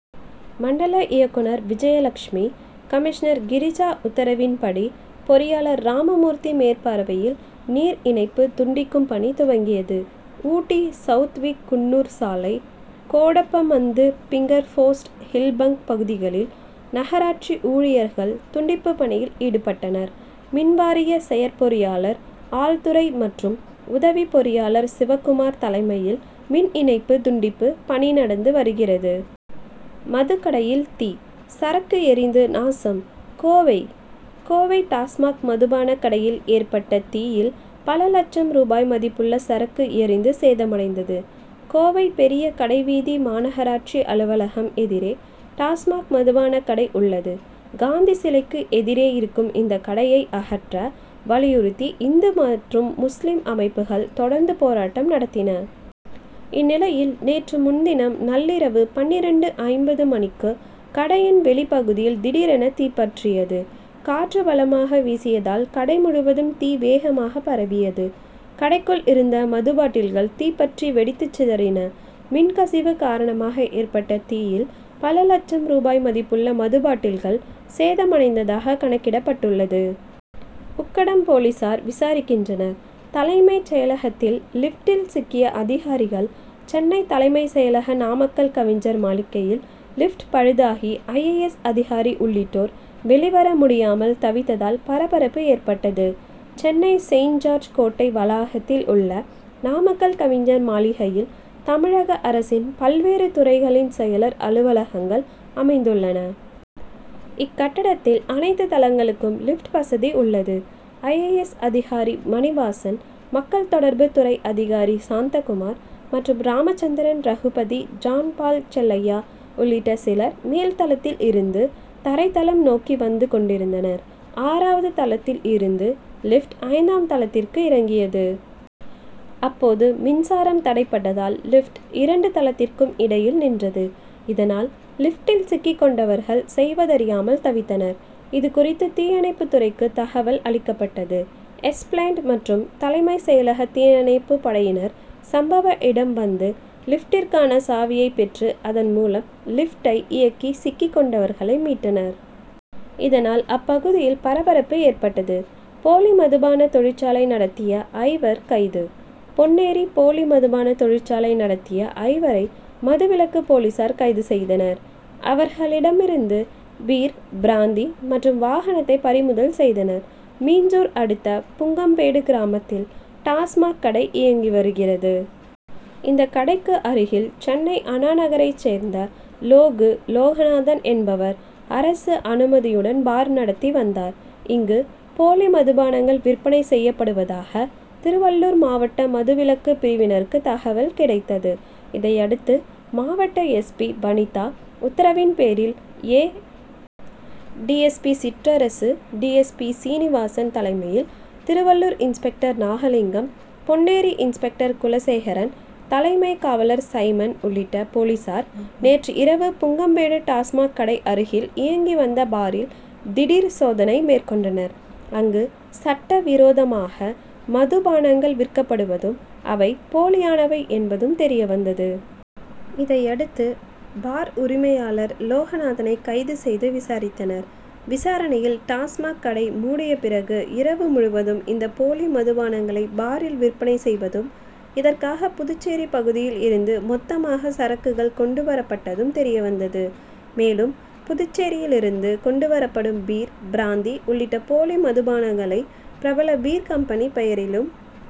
மண்டல இயக்குனர் விஜயலட்சுமி கமிஷனர் கிரிஜா உத்தரவின் படி பொறியாளர் ராமமூர்த்தி மேற்பார்வையில் நீர் இணைப்பு துண்டிக்கும் பணி துவங்கியது. ஊட்டி சவுத்விக் குன்னூர் சாலை கோடப்பமந்து பிங்கர்போஸ்ட் ஹில்பங்க் பகுதிகளில் நகராட்சி ஊழியர்கள் துண்டிப்பு பணியில் ஈடுபட்டனர். மின்வாரிய செயற்பொறியாளர் ஆல்துரை மற்றும் உதவி பொறியாளர் சிவகுமார் தலைமையில் மின் இணைப்பு துண்டிப்பு பணி நடந்து வருகிறது. மதுக்கடையில் தீ சரக்கு எரிந்து நாசம் கோவை கோவை டாஸ்மாக் மதுபானக் கடையில் ஏற்பட்ட தீயில் பல லட்சம் ரூபாய் மதிப்புள்ள சரக்கு எரிந்து சேதமடைந்தது. கோவை பெரிய கடைவீதி மாநகராட்சி அலுவலகம் எதிரே டாஸ்மாக் மதுபானக் கடை உள்ளது. காந்தி சிலைக்கு எதிரே இருக்கும் இந்த கடையை அகற்ற வலியுறுத்தி இந்து மற்றும் முஸ்லிம் அமைப்புகள் தொடர்ந்து போராட்டம் நடத்தின. இந்நிலையில் நேற்று முன்தினம் நள்ளிரவு பன்னிரண்டு ஐம்பது மணிக்கு கடையின் வெளிப்பகுதியில் திடீரென தீப்பற்றியது. காற்று பலமாக வீசியதால் கடை முழுவதும் தீ வேகமாக பரவியது. கடைக்குள் இருந்த மதுபாட்டில்கள் தீப்பற்றி வெடித்துச்சிதறின. மின்கசிவு காரணமாக ஏற்பட்ட தீயில் பல லட்சம் ரூபாய் மதிப்புள்ள மதுபாட்டில்கள் சேதமடைந்ததாக கணக்கிடப் பட்டுள்ளது. உக்கடம் போலீசார் விசாரிக்கின்றனர். தலைமைச் செயலகத்தில் லிப்டில் சிக்கிய அதிகாரிகள் சென்னை தலைமைச் செயலக நாமக்கல் கவிஞர் மாளிகையில் லிப்ட் பழுதாகி ஐ. ஏ. எஸ். அதிகாரி உள்ளிட்டோர் வெளிவர முடியாமல் தவித்ததால் பரபரப்பு ஏற்பட்டது. சென்னை செயின்ட் ஜார்ஜ் கோட்டை வளாகத்தில் உள்ள நாமக்கல் கவிஞர் மாளிகையில் தமிழக அரசின் பல்வேறு துறைகளின் செயலர் அலுவலகங்கள் அமைந்துள்ளன. இக்கட்டடத்தில் அனைத்து தளங்களுக்கும் லிப்ட் வசதி உள்ளது. ஏ. எஸ். அதிகாரி மணிவாசன் மக்கள் தொடர்பு துறை அதிகாரி சாந்தகுமார் மற்றும் ராமச்சந்திரன் ரகுபதி ஜான் பால் செல்லையா உள்ளிட்ட சிலர் மேல் தளத்தில் இருந்து தரை தளம் நோக்கி வந்து கொண்டிருந்தனர். ஆறாவது தளத்தில் இருந்து லிப்ட் ஐந்தாம் தளத்திற்கு இறங்கியது. அப்போது மின்சாரம் தடைபட்டதால் லிப்ட் இரண்டு தளத்திற்கும் இடையில் நின்றது. இதனால் லிப்ட்டில் சிக்கிக் கொண்டவர்கள் செய்வதறியாமல் தவித்தனர். இதுகுறித்து தீயணைப்புத் துறைக்கு தகவல் அளிக்கப்பட்டது. எஸ்பிளனேடு மற்றும் தலைமைச் செயலக தீயணைப்பு படையினர் சம்பவ இடம் வந்து லிப்ட்டிற்கான சாவியை பெற்று அதன் மூலம் லிப்டை இயக்கி சிக்கிக் கொண்டவர்களை மீட்டனர். இதனால் அப்பகுதியில் பரபரப்பு ஏற்பட்டது. போலி மதுபான தொழிற்சாலை நடத்திய ஐவர் கைது பொன்னேரி போலி மதுபான தொழிற்சாலை நடத்திய ஐவரை மதுவிலக்கு போலீசார் கைது செய்தனர். அவர்களிடமிருந்து பீர் பிராந்தி மற்றும் வாகனத்தை பறிமுதல் செய்தனர். மீஞ்சூர் அடுத்த புங்கம்பேடு கிராமத்தில் டாஸ்மாக் கடை இயங்கி வருகிறது. இந்த கடைக்கு அருகில் சென்னை அண்ணா நகரை சேர்ந்த லோகு லோகநாதன் என்பவர் அரசு அனுமதியுடன் பார் நடத்தி வந்தார். இங்கு போலி மதுபானங்கள் விற்பனை செய்யப்படுவதாக திருவள்ளூர் மாவட்ட மதுவிலக்கு பிரிவினருக்கு தகவல் கிடைத்தது. இதையடுத்து மாவட்ட எஸ். பி. வனிதா உத்தரவின்பேரில் A. D. S. P. Chitrarasu D. S. P. Srinivasan தலைமையில் திருவள்ளூர் இன்ஸ்பெக்டர் நாகலிங்கம் பொன்னேரி இன்ஸ்பெக்டர் குலசேகரன் தலைமை காவலர் சைமன் உள்ளிட்ட போலீசார் நேற்று இரவு புங்கம்பேடு டாஸ்மாக் கடை அருகில் இயங்கி வந்த பாரில் திடீர் சோதனை மேற்கொண்டனர். அங்கு சட்டவிரோதமாக மதுபானங்கள் விற்கப்படுவதும் அவை போலியானவை என்பதும் தெரியவந்தது. இதையடுத்து பார் உரிமையாளர் லோகநாதனை கைது செய்து விசாரித்தனர். விசாரணையில் டாஸ்மாக் கடை மூடிய பிறகு இரவு முழுவதும் இந்த போலி மாதுபானங்களை பாரில் விற்பனை செய்வதும் இதற்காக புதுச்சேரி பகுதியில் இருந்து மொத்தமாக சரக்குகள் கொண்டுவரப்பட்டதும் தெரியவந்தது. மேலும் புதுச்சேரியிலிருந்து கொண்டுவரப்படும் பீர் பிராந்தி உள்ளிட்ட போலி மதுபானங்களை பிரபல பீர் கம்பெனி பெயரிலும்.